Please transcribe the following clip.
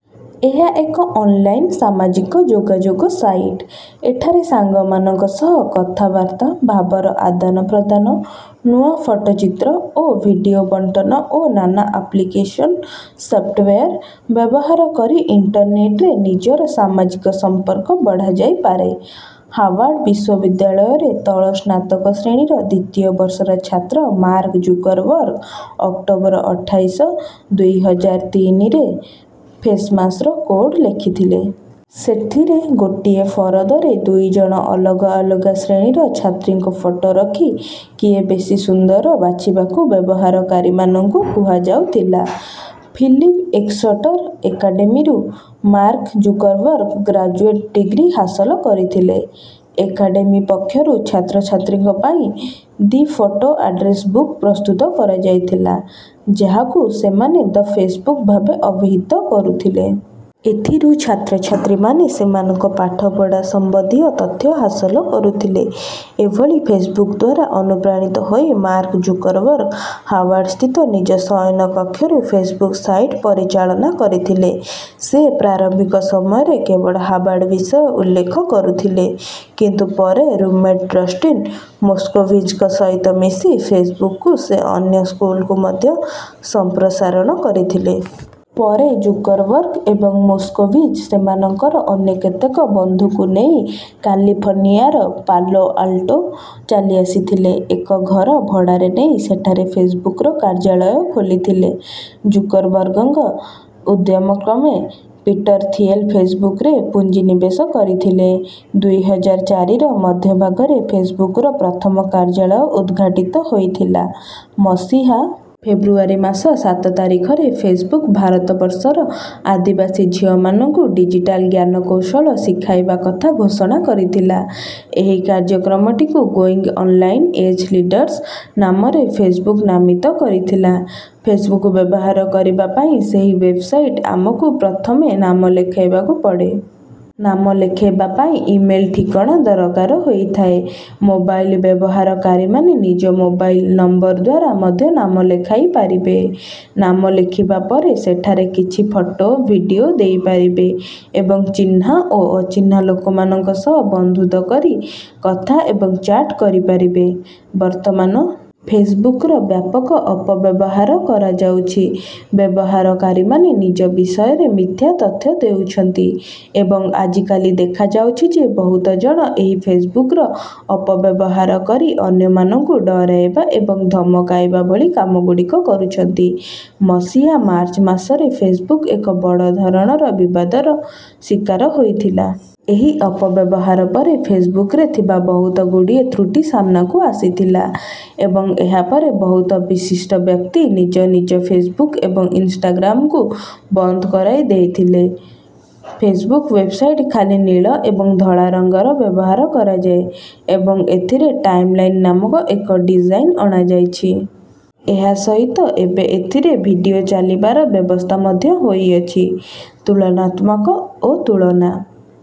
ଏହା ଏକ ଅନ୍‌ଲାଇନ୍ ସାମାଜିକ ଯୋଗାଯୋଗ ସାଇଟ୍। ଏଠାରେ ସାଙ୍ଗମାନଙ୍କ ସହ କଥାବାର୍ତ୍ତା, ଭାବର ଆଦାନପ୍ରଦାନ, ନୂଆ ଫଟୋଚିତ୍ର ଓ ଭିଡିଓ ବଣ୍ଟନ ଓ ନାନା ଆପ୍ଲିକେସନ୍ ସଫ୍ଟୱେର୍ ବ୍ୟବହାର କରି ଇଣ୍ଟରନେଟ୍‌ରେ ନିଜର ସାମାଜିକ ସମ୍ପର୍କ ବଢ଼ାଯାଇପାରେ। ହାର୍ଭାର୍ଡ ବିଶ୍ୱବିଦ୍ୟାଳୟରେ ତଳ-ସ୍ନାତକ ଶ୍ରେଣୀର ଦ୍ୱିତୀୟ ବର୍ଷର ଛାତ୍ର ମାର୍କ ଜୁକରବର୍ଗ ଅକ୍ଟୋବର ଅଠାଇଶ, ଦୁଇ ହଜାର ତିନିରେ ଫେସ୍‌ମାସ୍‌ର କୋଡ୍ ଲେଖିଥିଲେ। ସେଥିରେ ଗୋଟିଏ ଫରଦରେ ଦୁଇଜଣ ଅଲଗା ଅଲଗା ଶ୍ରେଣୀର ଛାତ୍ରୀଙ୍କ ଫଟୋ ରଖି କିଏ ବେଶି ସୁନ୍ଦର ବାଛିବାକୁ ବ୍ୟବହାରକାରୀମାନଙ୍କୁ କୁହାଯାଉଥିଲା। ଫିଲିପ୍ସ ଏକ୍ସଟର ଏକାଡେମୀରୁ ମାର୍କ ଜୁକରବର୍ଗ ଗ୍ରାଜୁଏଟ୍ ଡିଗ୍ରୀ ହାସଲ କରିଥିଲେ। ଏକାଡେମୀ ପକ୍ଷରୁ ଛାତ୍ରଛାତ୍ରୀଙ୍କ ପାଇଁ "ଦି ଫୋଟୋ ଆଡ୍ରେସ୍ ବୁକ୍" ପ୍ରସ୍ତୁତ କରାଯାଇଥିଲା, ଯାହାକୁ ସେମାନେ 'ଦ ଫେସ୍‌ବୁକ୍' ଭାବେ ଅଭିହିତ କରୁଥିଲେ। ଏଥିରୁ ଛାତ୍ରଛାତ୍ରୀମାନେ ସେମାନଙ୍କ ପାଠପଢ଼ା ସମ୍ବନ୍ଧୀୟ ତଥ୍ୟ ହାସଲ କରୁଥିଲେ। ଏଭଳି ଫେସ୍‌ବୁକ୍ ଦ୍ୱାରା ଅନୁପ୍ରାଣିତ ହୋଇ ମାର୍କ ଜୁକରବର୍ଗ ହାର୍ଭାର୍ଡ ସ୍ଥିତ ନିଜ ଶୟନ କକ୍ଷରୁ ଫେସ୍‌ବୁକ୍ ସାଇଟ୍ ପରିଚାଳନା କରିଥିଲେ। ସେ ପ୍ରାରମ୍ଭିକ ସମୟରେ କେବଳ ହାର୍ଭାର୍ଡ ବିଷୟ ଉଲ୍ଲେଖ କରୁଥିଲେ। କିନ୍ତୁ ପରେ ରୁମ୍‌ମେଟ୍ ଡଷ୍ଟିନ୍ ମୋସ୍କୋଭିଜ୍‌ଙ୍କ ସହିତ ମିଶି ଫେସ୍‌ବୁକ୍‌କୁ ସେ ଅନ୍ୟ ସ୍କୁଲ୍‌କୁ ମଧ୍ୟ ସମ୍ପ୍ରସାରଣ କରିଥିଲେ। ପରେ ଜୁକରବର୍ଗ ଏବଂ ମୋସ୍କୋଭିଜ୍ ସେମାନଙ୍କର ଅନ୍ୟ କେତେକ ବନ୍ଧୁଙ୍କୁ ନେଇ କାଲିଫର୍ଣ୍ଣିଆର ପାଲୋ ଆଲ୍ଟୋ ଚାଲିଆସିଥିଲେ। ଏକ ଘର ଭଡ଼ାରେ ନେଇ ସେଠାରେ ଫେସ୍‌ବୁକ୍‌ର କାର୍ଯ୍ୟାଳୟ ଖୋଲିଥିଲେ। ଜୁକରବର୍ଗଙ୍କ ଉଦ୍ୟମ କ୍ରମେ ପିଟର ଥିଏଲ୍ ଫେସ୍‌ବୁକ୍‌ରେ ପୁଞ୍ଜି ନିବେଶ କରିଥିଲେ। ଦୁଇ ହଜାର ଚାରିର ମଧ୍ୟଭାଗରେ ଫେସ୍‌ବୁକ୍‌ର ପ୍ରଥମ କାର୍ଯ୍ୟାଳୟ ଉଦ୍‌ଘାଟିତ ହୋଇଥିଲା। ମସିହା ଫେବ୍ରୁଆରୀ ମାସ ସାତ ତାରିଖରେ ଫେସ୍‌ବୁକ୍, ଭାରତବର୍ଷର ଆଦିବାସୀ ଝିଅମାନଙ୍କୁ ଡିଜିଟାଲ୍ ଜ୍ଞାନକୌଶଳ ଶିଖାଇବା କଥା ଘୋଷଣା କରିଥିଲା। ଏହି କାର୍ଯ୍ୟକ୍ରମଟିକୁ "ଗୋଇଙ୍ଗ୍ ଅନ୍‌ଲାଇନ୍ ଏଜ୍ ଲିଡର୍ସ" ନାମରେ ଫେସ୍‌ବୁକ୍ ନାମିତ କରିଥିଲା। ଫେସ୍‌ବୁକ୍ ବ୍ୟବହାର କରିବା ପାଇଁ ସେହି ୱେବ୍‌ସାଇଟ୍‌ରେ ଆମକୁ ପ୍ରଥମେ ନାମ ଲେଖାଇବାକୁ ପଡ଼େ। ନାମ ଲେଖାଇବା ପାଇଁ ଇମେଲ୍ ଠିକଣା ଦରକାର ହୋଇଥାଏ। ମୋବାଇଲ୍ ବ୍ୟବହାରକାରୀମାନେ ନିଜ ମୋବାଇଲ୍ ନମ୍ବର ଦ୍ୱାରା ମଧ୍ୟ ନାମ ଲେଖାଇ ପାରିବେ। ନାମ ଲେଖିଲା ପରେ ସେଠାରେ କିଛି ଫଟୋ, ଭିଡିଓ ଦେଇପାରିବେ ଏବଂ ଚିହ୍ନା ଓ ଅଚିହ୍ନା ଲୋକମାନଙ୍କ ସହ ବନ୍ଧୁତା କରି କଥା ଏବଂ ଚାଟ୍ କରିପାରିବେ। ବର୍ତ୍ତମାନ ଫେସ୍‌ବୁକ୍‌ର ବ୍ୟାପକ ଅପବ୍ୟବହାର କରାଯାଉଛି। ବ୍ୟବହାରକାରୀମାନେ ନିଜ ବିଷୟରେ ମିଥ୍ୟା ତଥ୍ୟ ଦେଉଛନ୍ତି। ଏବଂ ଆଜିକାଲି ଦେଖାଯାଉଛି ଯେ, ବହୁତ ଜଣ ଏହି ଫେସ୍‌ବୁକ୍‌ର ଅପବ୍ୟବହାର କରି ଅନ୍ୟମାନଙ୍କୁ ଡରାଇବା ଏବଂ ଧମକାଇବା ଭଳି କାମଗୁଡ଼ିକ କରୁଛନ୍ତି। ମସିହା ମାର୍ଚ୍ଚ ମାସରେ ଫେସ୍‌ବୁକ୍ ଏକ ବଡ଼ ଧରଣର ବିବାଦର ଶିକାର ହୋଇଥିଲା। ଏହି ଅପବ୍ୟବହାର ପରେ ଫେସ୍‌ବୁକ୍‌ରେ ଥିବା ବହୁତଗୁଡ଼ିଏ ତ୍ରୁଟି ସାମ୍ନାକୁ ଆସିଥିଲା। ଏବଂ ଏହାପରେ ବହୁତ ବିଶିଷ୍ଟ ବ୍ୟକ୍ତି ନିଜ ନିଜ ଫେସ୍‌ବୁକ୍ ଏବଂ ଇନ୍‌ଷ୍ଟାଗ୍ରାମ୍‌କୁ ବନ୍ଦ କରାଇ ଦେଇଥିଲେ। ଫେସ୍‌ବୁକ୍ ୱେବ୍‌ସାଇଟ୍‌ରେ ଖାଲି ନୀଳ ଏବଂ ଧଳା ରଙ୍ଗର ବ୍ୟବହାର କରାଯାଏ। ଏବେ ଏଥିରେ 'ଟାଇମ୍‌ଲାଇନ୍' ନାମକ ଏକ ଡିଜାଇନ୍ ଅଣାଯାଇଛି। ଏହା ସହିତ ଏବେ ଏଥିରେ ଭିଡିଓ ଚାଲିବାର ବ୍ୟବସ୍ଥା ମଧ୍ୟ ହୋଇଅଛି। ତୁଳନାତ୍ମକ ଓ ତୁଳନା।